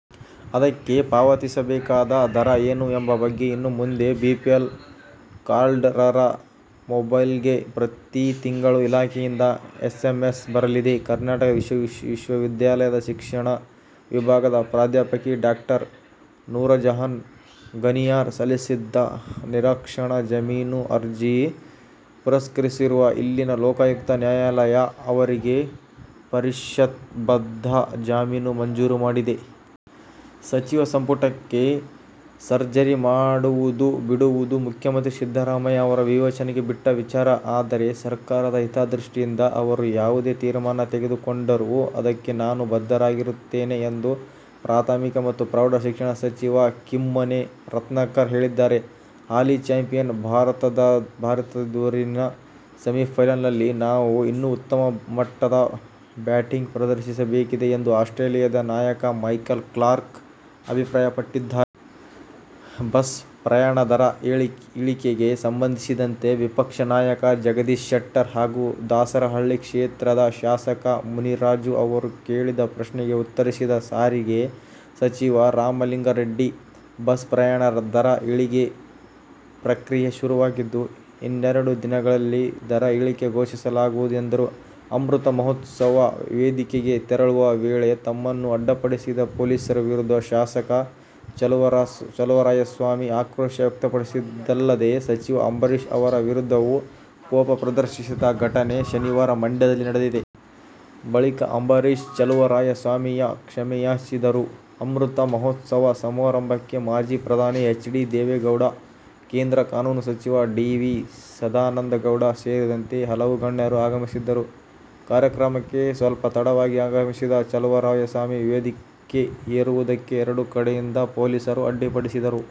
ಅದಕ್ಕೆ ಪಾವತಿಸಬೇಕಾದ ದರ ಏನು ಎಂಬ ಬಗ್ಗೆ ಇನ್ನು ಮುಂದೆ ಬಿಪಿಎಲ್ ಕಾರ್ಡ್ದಾರರ ಮೊಬೈಲ್ಗೆ ಪ್ರತಿ ತಿಂಗಳು ಇಲಾಖೆಯಿಂದ ಎಸ್ಎಂಎಸ್ ಬರಲಿದೆ. ಕರ್ನಾಟಕ ವಿಶ್ವವಿದ್ಯಾಲಯದ ಶಿಕ್ಷಣ ವಿಭಾಗದ ಪ್ರಾಧ್ಯಾಪಕಿ ಡಾ ನೂರಜಹಾನ್ ಘನಿಯಾರ್ ಸಲ್ಲಿಸಿದ್ದ ನಿರೀಕ್ಷಣಾ ಜಾಮೀನು ಅರ್ಜಿ ಪುರಸ್ಕರಿಸಿರುವ ಇಲ್ಲಿನ ಲೋಕಾಯುಕ್ತ ನ್ಯಾಯಾಲಯ ಅವರಿಗೆ ಷರತ್ತುಬದ್ಧ ಜಾಮೀನು ಮಂಜೂರು ಮಾಡಿದೆ. ಸಚಿವ ಸಂಪುಟಕ್ಕೆ ಸರ್ಜರಿ ಮಾಡುವುದು ಬಿಡುವುದು ಮುಖ್ಯಮಂತ್ರಿ ಸಿದ್ದರಾಮಯ್ಯ ಅವರ ವಿವೇಚನೆಗೆ ಬಿಟ್ಟ ವಿಚಾರ. ಆದರೆ, ಸರ್ಕಾರದ ಹಿತದೃಷ್ಟಿಯಿಂದ ಅವರು ಯಾವುದೇ ತೀರ್ಮಾನ ತೆಗೆದುಕೊಂಡರೂ ಅದಕ್ಕೆ ನಾನು ಬದ್ಧನಾಗಿರುತ್ತೇನೆ ಎಂದು ಪ್ರಾಥಮಿಕ ಮತ್ತು ಪ್ರೌಢ ಶಿಕ್ಷಣ ಸಚಿವ ಕಿಮ್ಮನೆ ರತ್ನಾಕರ ಹೇಳಿದ್ದಾರೆ. ಹಾಲಿ ಚಾಂಪಿಯನ್ ಭಾರತದೆದುರಿನ ಸೆಮಿಫೈನಲ್ನಲ್ಲಿ ನಾವು ಇನ್ನೂ ಉತ್ತಮ ಮಟ್ಟದ ಬ್ಯಾಟಿಂಗ್ ಪ್ರದರ್ಶಿಸಬೇಕಿದೆ ಎಂದು ಆಸ್ಟ್ರೇಲಿಯದ ನಾಯಕ ಮೈಕಲ್ ಕ್ಲಾರ್ಕ್ ಅಭಿಪ್ರಾಯಪಟ್ಟಿದ್ದಾರೆ. ಬಸ್ ಪ್ರಯಾಣದರ ಇಳಿಕೆಗೆ ಸಂಬಂಧಿಸಿದಂತೆ ವಿಪಕ್ಷ ನಾಯಕ ಜಗದೀಶ್ ಶೆಟ್ಟರ್ ಹಾಗೂ ದಾಸರಹಳ್ಳಿ ಕ್ಷೇತ್ರದ ಶಾಸಕ ಮುನಿರಾಜು ಅವರು ಕೇಳಿದ ಪ್ರಶ್ನೆಗೆ ಉತ್ತರಿಸಿದ ಸಾರಿಗೆ ಸಚಿವ ರಾಮಲಿಂಗಾರೆಡ್ಡಿ, ಬಸ್ ಪ್ರಯಾಣದರ ಇಳಿಗೆ ಪ್ರಕ್ರಿಯೆ ಶುರುವಾಗಿದ್ದು, ಇನ್ನೆರಡು ದಿನಗಳಲ್ಲಿ ದರ ಇಳಿಕೆ ಘೋಷಿಸಲಾಗುವುದು ಎಂದರು. ಅಮೃತ ಮಹೋತ್ಸವ ವೇದಿಕೆಗೆ ತೆರಳುವ ವೇಳೆ ತಮ್ಮನ್ನು ಅಡ್ಡಿಪಡಿಸಿದ ಪೊಲೀಸರ ವಿರುದ್ಧ ಶಾಸಕ ಚಲುವರಾಯಸ್ವಾಮಿ ಆಕ್ರೋಶ ವ್ಯಕ್ತಪಡಿಸಿದ್ದಲ್ಲದೆ, ಸಚಿವ ಅಂಬರೀಶ್ ಅವರ ವಿರುದ್ಧವೂ ಕೋಪ ಪ್ರದರ್ಶಿಸಿದ ಘಟನೆ ಶನಿವಾರ ಮಂಡ್ಯದಲ್ಲಿ ನಡೆದಿದೆ. ಬಳಿಕ, ಅಂಬರೀಶ್ ಚಲುವರಾಯಸ್ವಾಮಿಯ ಕ್ಷಮೆಯಾಚಿಸಿದರು. ಅಮೃತ ಮಹೋತ್ಸವ ಸಮಾರಂಭಕ್ಕೆ ಮಾಜಿ ಪ್ರಧಾನಿ ಎಚ್. ಡಿ. ದೇವೇಗೌಡ, ಕೇಂದ್ರ ಕಾನೂನು ಸಚಿವ ಡಿ. ವಿ. ಸದಾನಂದಗೌಡ ಸೇರಿದಂತೆ ಹಲವು ಗಣ್ಯರು ಆಗಮಿಸಿದ್ದರು. ಕಾರ್ಯಕ್ರಮಕ್ಕೆ ಸ್ವಲ್ಪ ತಡವಾಗಿ ಆಗಮಿಸಿದ ಚಲುವರಾಯಸ್ವಾಮಿ ವೇದಿಕೆ ಏರುವುದಕ್ಕೆ ಎರಡೂ ಕಡೆಯಿಂದ ಪೊಲೀಸರು ಅಡ್ಡಿಪಡಿಸಿದರು.